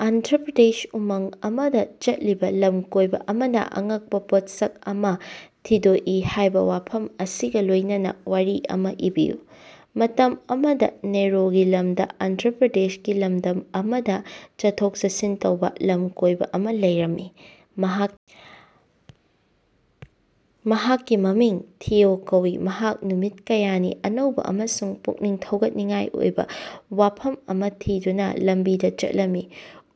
ꯑꯟꯙ꯭ꯔ ꯄ꯭ꯔꯗꯦꯁꯀꯤ ꯎꯃꯪ ꯑꯃꯗꯥ ꯆꯠꯂꯤꯕꯥ ꯂꯃꯀꯣꯏꯕꯥ ꯑꯃꯅꯥ ꯑꯉꯛꯄꯥ ꯄꯣꯠꯁꯛ ꯑꯃꯥ ꯊꯤꯗꯣꯛꯏ ꯍꯥꯏꯕꯥ ꯋꯥꯐꯝ ꯑꯁꯤꯒꯥ ꯂꯣꯏꯅꯅꯥ ꯋꯥꯔꯤ ꯑꯃꯥ ꯏꯕꯤꯌꯨ꯫ ꯃꯇꯝ ꯑꯃꯗꯥ ꯅꯣꯔꯦꯒꯤ ꯂꯝꯗꯥ ꯑꯟꯙ꯭ꯔ ꯄ꯭ꯔꯗꯦꯁꯀꯤ ꯂꯝꯗꯝ ꯑꯃꯗꯥ ꯆꯠꯊꯣꯛ ꯆꯠꯁꯤꯟ ꯇꯧꯕꯥ ꯂꯝꯀꯣꯏꯕꯥ ꯑꯃꯥ ꯂꯩꯔꯝꯃꯤ꯫ ꯃꯍꯥꯛꯀꯤ ꯃꯃꯤꯡ ꯊꯤꯑꯣ ꯀꯧꯏ ꯃꯍꯥꯛ ꯅꯨꯃꯤꯠ ꯀꯌꯥꯅꯤ ꯑꯅꯧꯕꯥ ꯑꯃꯁꯨꯡ ꯄꯨꯛꯅꯤꯡ ꯊꯧꯒꯠꯅꯤꯡꯉꯥꯏ ꯑꯣꯏꯕꯥ ꯋꯥꯐꯝ ꯑꯃꯥ ꯊꯤꯗꯨꯅꯥ ꯂꯝꯕꯤꯗꯥ ꯆꯠꯂꯝꯃꯤ꯫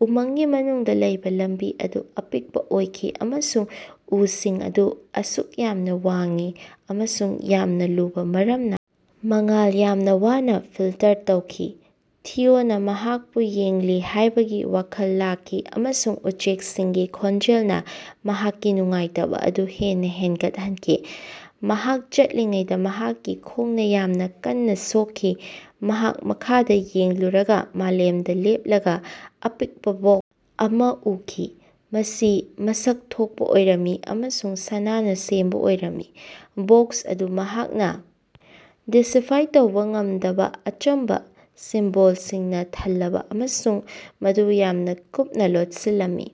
ꯎꯃꯪꯒꯤ ꯃꯅꯨꯡꯗꯥ ꯂꯩꯕꯥ ꯂꯝꯕꯤ ꯑꯗꯨ ꯑꯄꯤꯛꯄꯥ ꯑꯣꯏꯈꯤ ꯑꯃꯁꯨꯡ ꯎꯁꯤꯡ ꯑꯗꯨ ꯑꯁꯨꯛ ꯌꯥꯝꯅꯥ ꯋꯥꯡꯏ ꯑꯃꯁꯨꯡ ꯌꯥꯝꯅꯥ ꯂꯨꯕꯥ ꯃꯔꯝꯅꯥ ꯃꯉꯥꯜ ꯌꯥꯝꯅꯥ ꯋꯥꯅꯥ ꯐꯤꯜꯇꯔ ꯇꯧꯈꯤ꯫ ꯊꯤꯑꯣꯅꯥ ꯃꯍꯥꯛꯄꯨ ꯌꯦꯡꯂꯤ ꯍꯥꯏꯕꯒꯤ ꯋꯥꯈꯜ ꯂꯥꯛꯈꯤ ꯑꯃꯁꯨꯡ ꯎꯆꯦꯛꯁꯤꯡꯒꯤ ꯈꯣꯟꯖꯦꯜꯅꯥ ꯃꯍꯥꯛꯀꯤ ꯅꯨꯡꯉꯥꯏꯇꯕꯥ ꯑꯗꯨ ꯍꯦꯟꯅꯥ ꯍꯦꯟꯒꯠꯍꯟꯈꯤ꯫ ꯃꯍꯥꯛ ꯆꯠꯂꯤꯉꯩꯗꯥ ꯃꯍꯥꯛꯀꯤ ꯈꯣꯡꯅꯥ ꯌꯥꯝꯅꯥ ꯀꯟꯅꯥ ꯁꯣꯛꯈꯤ꯫ ꯃꯍꯥꯛ ꯃꯈꯥꯗꯥ ꯌꯦꯡꯂꯨꯔꯒꯥ ꯃꯥꯂꯦꯝꯗꯥ ꯂꯦꯞꯂꯒꯥ ꯑꯄꯤꯛꯄꯥ ꯕꯣꯛꯁ ꯑꯃꯥ ꯎꯈꯤ꯫ ꯃꯁꯤ ꯃꯁꯛ ꯊꯣꯛꯄꯥ ꯑꯣꯏꯔꯝꯃꯤ ꯑꯃꯁꯨꯡ ꯁꯅꯥꯅꯥ ꯁꯦꯝꯕꯥ ꯑꯣꯏꯔꯝꯃꯤ꯫ ꯕꯣꯛꯁ ꯑꯗꯨ ꯃꯍꯥꯛꯅꯥ ꯗꯤꯁꯤꯐꯥꯏ ꯇꯧꯕꯥ ꯉꯝꯗꯕꯥ ꯑꯆꯝꯕꯥ ꯁꯤꯝꯕꯣꯜꯁꯤꯡꯅꯥ ꯊꯜꯂꯕꯥ ꯑꯃꯁꯨꯡ ꯃꯗꯨ ꯌꯥꯝꯅꯥ ꯀꯨꯞꯅꯥ ꯂꯣꯠꯁꯤꯜꯂꯝꯃꯤ꯫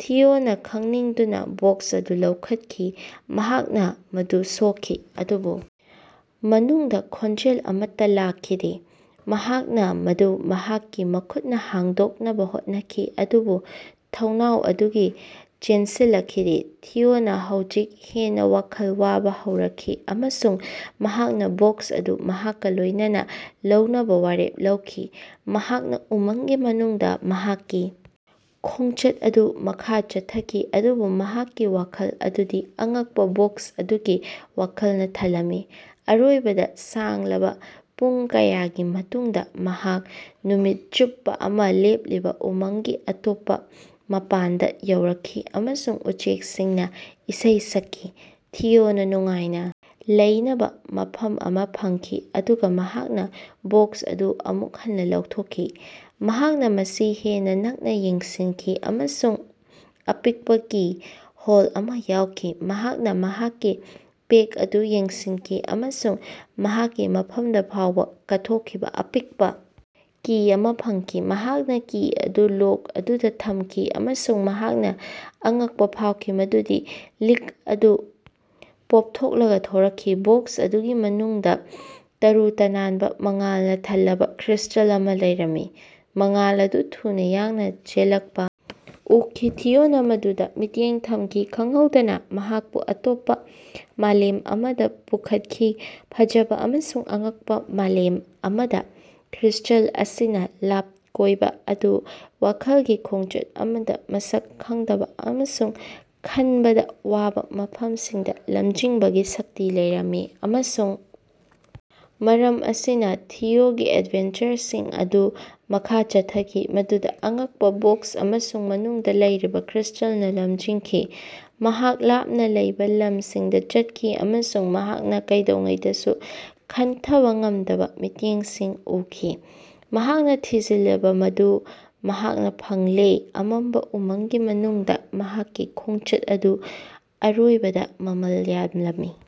ꯊꯤꯑꯣꯅꯥ ꯈꯪꯅꯤꯡꯗꯨꯅꯥ ꯕꯣꯛꯁ ꯑꯗꯨ ꯂꯧꯈꯠꯈꯤ꯫ ꯃꯍꯥꯛꯅꯥ ꯃꯗꯨ ꯁꯣꯛꯈꯤ ꯑꯗꯨꯕꯨ ꯃꯅꯨꯡꯗ ꯈꯣꯟꯖꯦꯜ ꯑꯃꯠꯇꯥ ꯂꯥꯛꯈꯤꯗꯦ꯫ ꯃꯍꯥꯛꯅꯥ ꯃꯗꯨ ꯃꯍꯥꯛꯀꯤ ꯃꯈꯨꯠꯅꯥ ꯍꯥꯡꯗꯣꯛꯅꯕꯥ ꯍꯣꯠꯅꯈꯤ ꯑꯗꯨꯕꯨ ꯊꯣꯡꯅꯥꯎ ꯑꯗꯨꯗꯤ ꯆꯦꯟꯁꯤꯜꯂꯛꯈꯤꯗꯦ꯫ ꯊꯤꯑꯣꯅꯥ ꯍꯧꯖꯤꯛ ꯍꯦꯟꯅꯥ ꯋꯥꯈꯜ ꯋꯥꯕꯥ ꯍꯧꯔꯛꯈꯤ ꯑꯃꯁꯨꯡ ꯃꯍꯥꯛꯅꯥ ꯕꯣꯛꯁ ꯑꯗꯨ ꯃꯍꯥꯛꯀꯥ ꯂꯣꯏꯅꯅꯥ ꯂꯧꯅꯕꯥ ꯋꯥꯔꯦꯞ ꯂꯧꯈꯤ꯫ ꯃꯍꯥꯛꯅꯥ ꯎꯃꯪꯒꯤ ꯃꯅꯨꯡꯗꯥ ꯃꯍꯥꯛꯀꯤ ꯈꯣꯡꯆꯠ ꯑꯗꯨ ꯃꯈꯥ ꯆꯠꯊꯈꯤ ꯑꯗꯨꯕꯨ ꯃꯍꯥꯛꯀꯤ ꯋꯥꯈꯜ ꯑꯗꯨꯗꯤ ꯑꯉꯛꯄꯥ ꯕꯣꯛꯁ ꯑꯗꯨꯒꯤ ꯋꯥꯈꯜꯅꯥ ꯊꯜꯂꯝꯃꯤ꯫ ꯑꯔꯣꯏꯕꯗꯥ ꯁꯥꯡꯂꯕꯥ ꯄꯨꯡ ꯀꯌꯥꯒꯤ ꯃꯇꯨꯡꯗꯥ ꯃꯍꯥꯛ ꯅꯨꯃꯤꯠ ꯆꯨꯞꯄꯥ ꯑꯃꯥ ꯂꯦꯞꯂꯤꯕꯥ ꯎꯃꯪꯒꯤ ꯑꯇꯣꯞꯄꯥ ꯃꯄꯥꯟꯗꯥ ꯌꯧꯔꯛꯈꯤ ꯑꯃꯁꯨꯡ ꯎꯆꯦꯛꯁꯤꯡꯅꯥ ꯏꯁꯩ ꯁꯛꯈꯤ꯫ ꯊꯤꯑꯣꯅꯥ ꯅꯨꯡꯉꯥꯏꯅꯥ ꯂꯩꯅꯕꯥ ꯃꯐꯝ ꯑꯃꯥ ꯐꯪꯈꯤ ꯑꯗꯨꯒꯥ ꯃꯍꯥꯛꯅꯥ ꯕꯣꯛꯁ ꯑꯗꯨ ꯑꯃꯨꯛ ꯍꯟꯅꯥ ꯂꯧꯊꯣꯛꯈꯤ꯫ ꯃꯍꯥꯛꯅꯥ ꯃꯁꯤ ꯍꯦꯟꯅꯥ ꯅꯛꯅꯥ ꯌꯦꯡꯁꯤꯟꯈꯤ ꯑꯃꯁꯨꯡ ꯑꯄꯤꯛꯄꯥ ꯀꯤ ꯍꯣꯜ ꯑꯃꯥ ꯌꯥꯎꯈꯤ꯫ ꯃꯍꯥꯛꯅꯥ ꯃꯍꯥꯛꯀꯤ ꯄꯦꯛ ꯑꯗꯨ ꯌꯦꯡꯁꯤꯟꯈꯤ ꯑꯃꯁꯨꯡ ꯃꯍꯥꯛꯀꯤ ꯃꯐꯝꯗꯥ ꯐꯥꯎꯕꯥ ꯀꯥꯎꯊꯣꯛꯈꯤꯕꯥ ꯑꯄꯤꯛꯄꯥ ꯀꯤ ꯑꯃꯥ ꯐꯪꯈꯤ꯫ ꯃꯍꯥꯛꯅꯥ ꯀꯤ ꯑꯗꯨ ꯂꯣꯛ ꯑꯗꯨꯗꯥ ꯊꯝꯈꯤ ꯑꯃꯁꯨꯡ ꯃꯍꯥꯛꯅꯥ ꯑꯉꯛꯄꯥ ꯐꯥꯎꯈꯤ ꯃꯗꯨꯗꯤ ꯂꯤꯛ ꯑꯗꯨ ꯄꯣꯞꯊꯣꯛꯂꯒꯥ ꯊꯣꯔꯛꯈꯤ꯫ ꯕꯣꯛꯁ ꯑꯗꯨꯒꯤ ꯃꯅꯨꯡꯗꯥ ꯇꯔꯨ ꯇꯅꯥꯟꯕꯥ ꯃꯉꯥꯜꯅꯥ ꯊꯜꯂꯕꯥ ꯀ꯭ꯔꯤꯁ꯭ꯇꯦꯜ ꯑꯃꯥ ꯂꯩꯔꯝꯃꯤ꯫ ꯃꯉꯥꯜ ꯑꯗꯨ ꯊꯨꯅꯥ ꯌꯥꯡꯅꯥ ꯆꯦꯜꯂꯛꯄꯥ ꯎꯈꯤ ꯊꯤꯑꯣꯅꯥ ꯃꯗꯨꯗꯥ ꯃꯤꯠꯌꯦꯡ ꯊꯝꯈꯤ꯫ ꯈꯪꯍꯧꯗꯅꯥ ꯃꯍꯥꯛꯄꯨ ꯑꯇꯣꯞꯄꯥ ꯃꯥꯂꯦꯝ ꯑꯃꯗꯥ ꯄꯨꯈꯠꯈꯤ ꯐꯖꯕꯥ ꯑꯃꯁꯨꯡ ꯑꯉꯛꯄꯥ ꯃꯥꯂꯦꯝ ꯑꯃꯗꯥ꯫ ꯀ꯭ꯔꯤꯁ꯭ꯇꯦꯜ ꯑꯁꯤꯅꯥ ꯂꯞꯀꯣꯏꯕꯥ ꯑꯗꯨꯕꯨ ꯋꯥꯈꯜꯒꯤ ꯈꯣꯡꯆꯠ ꯑꯃꯗꯥ ꯃꯁꯛ ꯈꯪꯗꯕꯥ ꯑꯃꯁꯨꯡ ꯈꯟꯕꯗꯥ ꯋꯥꯕꯥ ꯃꯐꯝꯁꯤꯡꯗꯥ ꯂꯝꯖꯤꯡꯕꯒꯤ ꯁꯛꯇꯤ ꯂꯩꯔꯝꯃꯤ꯫ ꯑꯃꯁꯨꯡ ꯃꯔꯝ ꯑꯁꯤꯅꯥ ꯊꯤꯑꯣꯒꯤ ꯑꯦꯗꯚꯦꯟꯆꯔꯁꯤꯡ ꯑꯗꯨ ꯃꯈꯥ ꯆꯠꯊꯈꯤ ꯃꯗꯨꯗꯥ ꯑꯉꯛꯄꯥ ꯕꯣꯛꯁ ꯑꯃꯁꯨꯡ ꯃꯅꯨꯡꯗꯥ ꯂꯩꯔꯤꯕꯥ ꯀ꯭ꯔꯤꯁ꯭ꯇꯦꯜꯅꯥ ꯂꯝꯖꯤꯡꯈꯤ꯫ ꯃꯍꯥꯛ ꯂꯥꯞꯅꯥ ꯂꯩꯕꯥ ꯂꯝꯁꯤꯡꯗꯥ ꯆꯠꯈꯤ ꯑꯃꯁꯨꯡ ꯃꯍꯥꯛꯅꯥ ꯀꯩꯗꯧꯉꯩꯗꯁꯨ ꯈꯟꯊꯕꯥ ꯉꯝꯗꯕꯥ ꯃꯤꯠꯌꯦꯡꯁꯤꯡ ꯎꯈꯤ꯫ ꯃꯍꯥꯛꯅꯥ ꯊꯤꯖꯤꯜꯂꯤꯕꯥ ꯑꯗꯨ ꯃꯍꯥꯛꯅꯥ ꯐꯪꯂꯦ ꯑꯃꯝꯕꯥ ꯎꯃꯪꯒꯤ ꯃꯅꯨꯡꯗꯥ ꯃꯍꯥꯛꯀꯤ ꯈꯣꯡꯆꯠ ꯑꯗꯨ ꯑꯔꯣꯏꯕꯗꯥ ꯃꯃꯜ ꯌꯥꯝꯂꯝꯃꯤ꯫